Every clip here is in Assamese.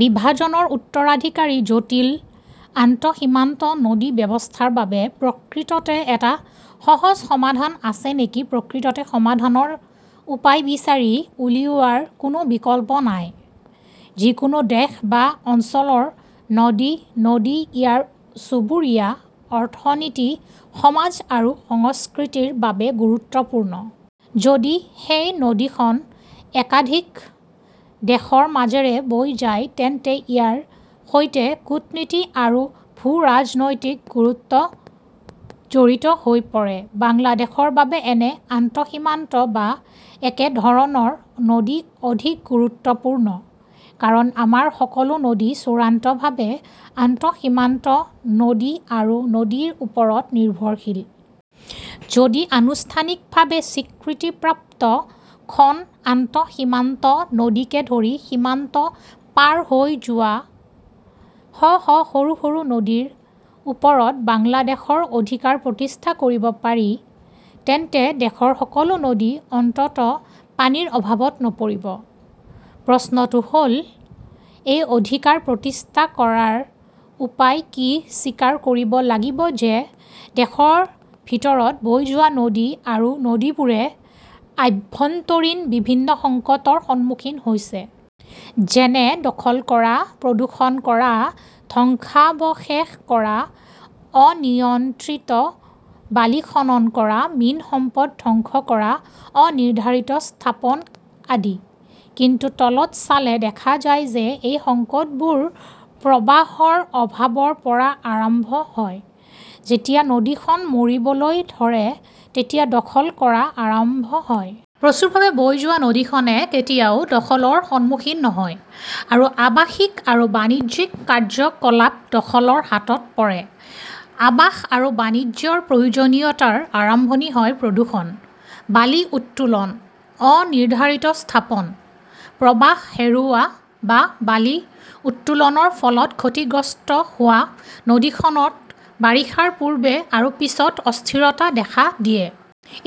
বিভাজনৰ উত্তৰাধিকাৰী জটিল আন্তঃসীমান্ত নদী ব্যৱস্থাৰ বাবে প্ৰকৃততে এটা সহজ সমাধান আছে নেকি প্ৰকৃততে সমাধানৰ উপায় বিচাৰি উলিওৱাৰ কোনো বিকল্প নাই। যিকোনো দেশ বা অঞ্চলৰ নদী-নদী ইয়াৰ চুবুৰীয়া, অৰ্থনীতি, সমাজ আৰু সংস্কৃতিৰ বাবে গুৰুত্বপূৰ্ণ। যদি সেই নদীখন একাধিক দেশৰ মাজেৰে বৈ যায়, তেন্তে ইয়াৰ সৈতে কূটনীতি আৰু ভূ-ৰাজনৈতিক গুৰুত্ব জড়িত হৈ পৰে। বাংলাদেশৰ বাবে এনে আন্তঃসীমান্ত বা একেধৰণৰ নদী অধিক গুৰুত্বপূৰ্ণ। কাৰণ আমাৰ সকলো নদী চূড়ান্তভাৱে আন্তঃসীমান্ত নদী আৰু নদীৰ ওপৰত নিৰ্ভৰশীল। যদি আনুষ্ঠানিকভাৱে স্বীকৃতিপ্ৰাপ্ত খন আন্তঃসীমান্ত নদীকে ধৰি সীমান্ত পাৰ হৈ যোৱা শ শ সৰু সৰু নদীৰ ওপৰত বাংলাদেশৰ অধিকাৰ প্ৰতিষ্ঠা কৰিব পাৰি, তেন্তে দেশৰ সকলো নদী অন্ততঃ পানীৰ অভাৱত নপৰিব। প্ৰশ্নটো হ’ল, এই অধিকাৰ প্ৰতিষ্ঠা কৰাৰ উপায় কি স্বীকাৰ কৰিব লাগিব যে দেশৰ ভিতৰত বৈ যোৱা নদী আৰু নদীবোৰে আভ্যন্তৰীণ বিভিন্ন সংকটৰ সন্মুখীন হৈছে। যেনে দখল কৰা, প্ৰদূষণ কৰা, ধ্বংসাৱশেষ কৰা, অনিয়ন্ত্ৰিত বালি খনন কৰা, মীন সম্পদ ধ্বংস কৰা, অনিৰ্ধাৰিত স্থাপন আদি। কিন্তু তলত চালে দেখা যায় যে এই সংকটবোৰ প্ৰবাহৰ অভাৱৰ পৰা আৰম্ভ হয়। যেতিয়া নদীখন মৰিবলৈ ধৰে, তেতিয়া দখল কৰা আৰম্ভ হয়। প্ৰচুৰভাৱে বৈ যোৱা নদীখনে কেতিয়াও দখলৰ সন্মুখীন নহয়। আৰু আৱাসিক আৰু বাণিজ্যিক কাৰ্যকলাপ দখলৰ হাতত পৰে। আৱাস আৰু বাণিজ্যৰ প্ৰয়োজনীয়তাৰ আৰম্ভণি হয় প্ৰদূষণ, বালি উত্তোলন, অনিৰ্ধাৰিত স্থাপন। প্ৰবাহ হেৰুওৱা বা বালি উত্তোলনৰ ফলত ক্ষতিগ্ৰস্ত হোৱা নদীখনত বাৰিষাৰ পূৰ্বে আৰু পিছত অস্থিৰতা দেখা দিয়ে।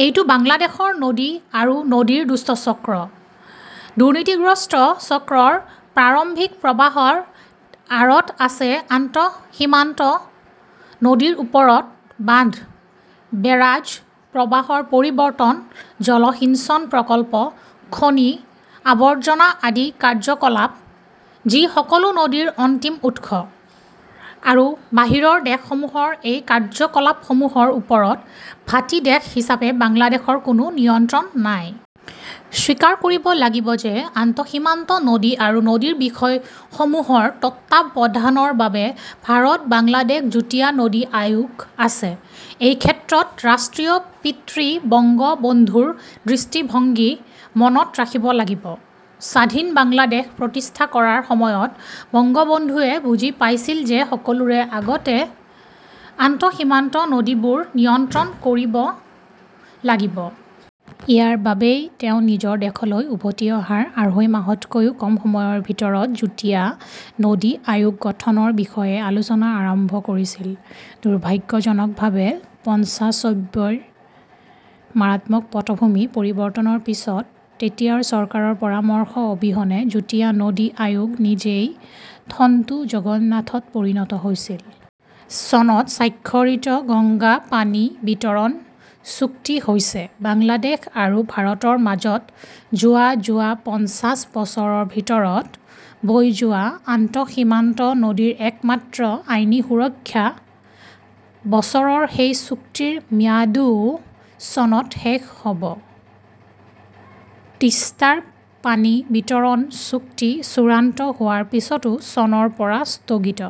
এইটো বাংলাদেশৰ নদী আৰু নদীৰ দুষ্ট চক্ৰ । দুৰ্নীতিগ্ৰস্ত চক্ৰৰ প্ৰাৰম্ভিক প্ৰৱাহৰ আঁৰত আছে আন্তঃসীমান্ত নদীৰ ওপৰত বান্ধ, বেৰাজ, প্ৰৱাহৰ পৰিৱৰ্তন, জলসিঞ্চন প্ৰকল্প, খনি, আৱৰ্জনা আদি কাৰ্যকলাপ, যি সকলো নদীৰ অন্তিম উৎস। আৰু বাহিৰৰ দেশসমূহৰ এই কাৰ্যকলাপসমূহৰ ওপৰত ভাটি দেশ হিচাপে বাংলাদেশৰ কোনো নিয়ন্ত্ৰণ নাই। স্বীকাৰ কৰিব লাগিব যে আন্তঃসীমান্ত নদী আৰু নদীৰ বিষয়সমূহৰ তত্বাৱধানৰ বাবে ভাৰত-বাংলাদেশ যুটীয়া নদী আয়োগ আছে। এই ক্ষেত্ৰত ৰাষ্ট্ৰৰ পিতৃ বঙ্গবন্ধুৰ দৃষ্টিভংগী মনত ৰাখিব লাগিব। স্বাধীন বাংলাদেশ প্ৰতিষ্ঠা কৰাৰ সময়ত বংগবন্ধুৱে বুজি পাইছিল যে সকলোৰে আগতে আন্তঃসীমান্ত নদীবোৰ নিয়ন্ত্ৰণ কৰিব লাগিব। ইয়াৰ বাবেই তেওঁ নিজৰ দেশলৈ উভতি অহাৰ আঢ়ৈ মাহতকৈও কম সময়ৰ ভিতৰত যুটীয়া নদী আয়োগ গঠনৰ বিষয়ে আলোচনা আৰম্ভ কৰিছিল। দুৰ্ভাগ্যজনকভাৱে, পঞ্চচব্বৈৰ মাৰাত্মক পটভূমি পৰিৱৰ্তনৰ পিছত, তেতিয়াৰ চৰকাৰৰ পৰামৰ্শ অবিহনে যুটীয়া নদী আয়োগ নিজেই থণ্টু জগন্নাথত পৰিণত হৈছিল। চনত স্বাক্ষৰিত গংগা পানী বিতৰণ চুক্তি হৈছে বাংলাদেশ আৰু ভাৰতৰ মাজত যোৱা যোৱা পঞ্চাশ বছৰৰ ভিতৰত বৈ যোৱা আন্তঃসীমান্ত নদীৰ একমাত্ৰ আইনী সুৰক্ষা। বছৰৰ সেই চুক্তিৰ ম্যাদও চনত শেষ হ 'ব। তিষ্টাৰ পানী বিতৰণ চুক্তি চূড়ান্ত হোৱাৰ পিছতো চনৰ পৰা স্থগিত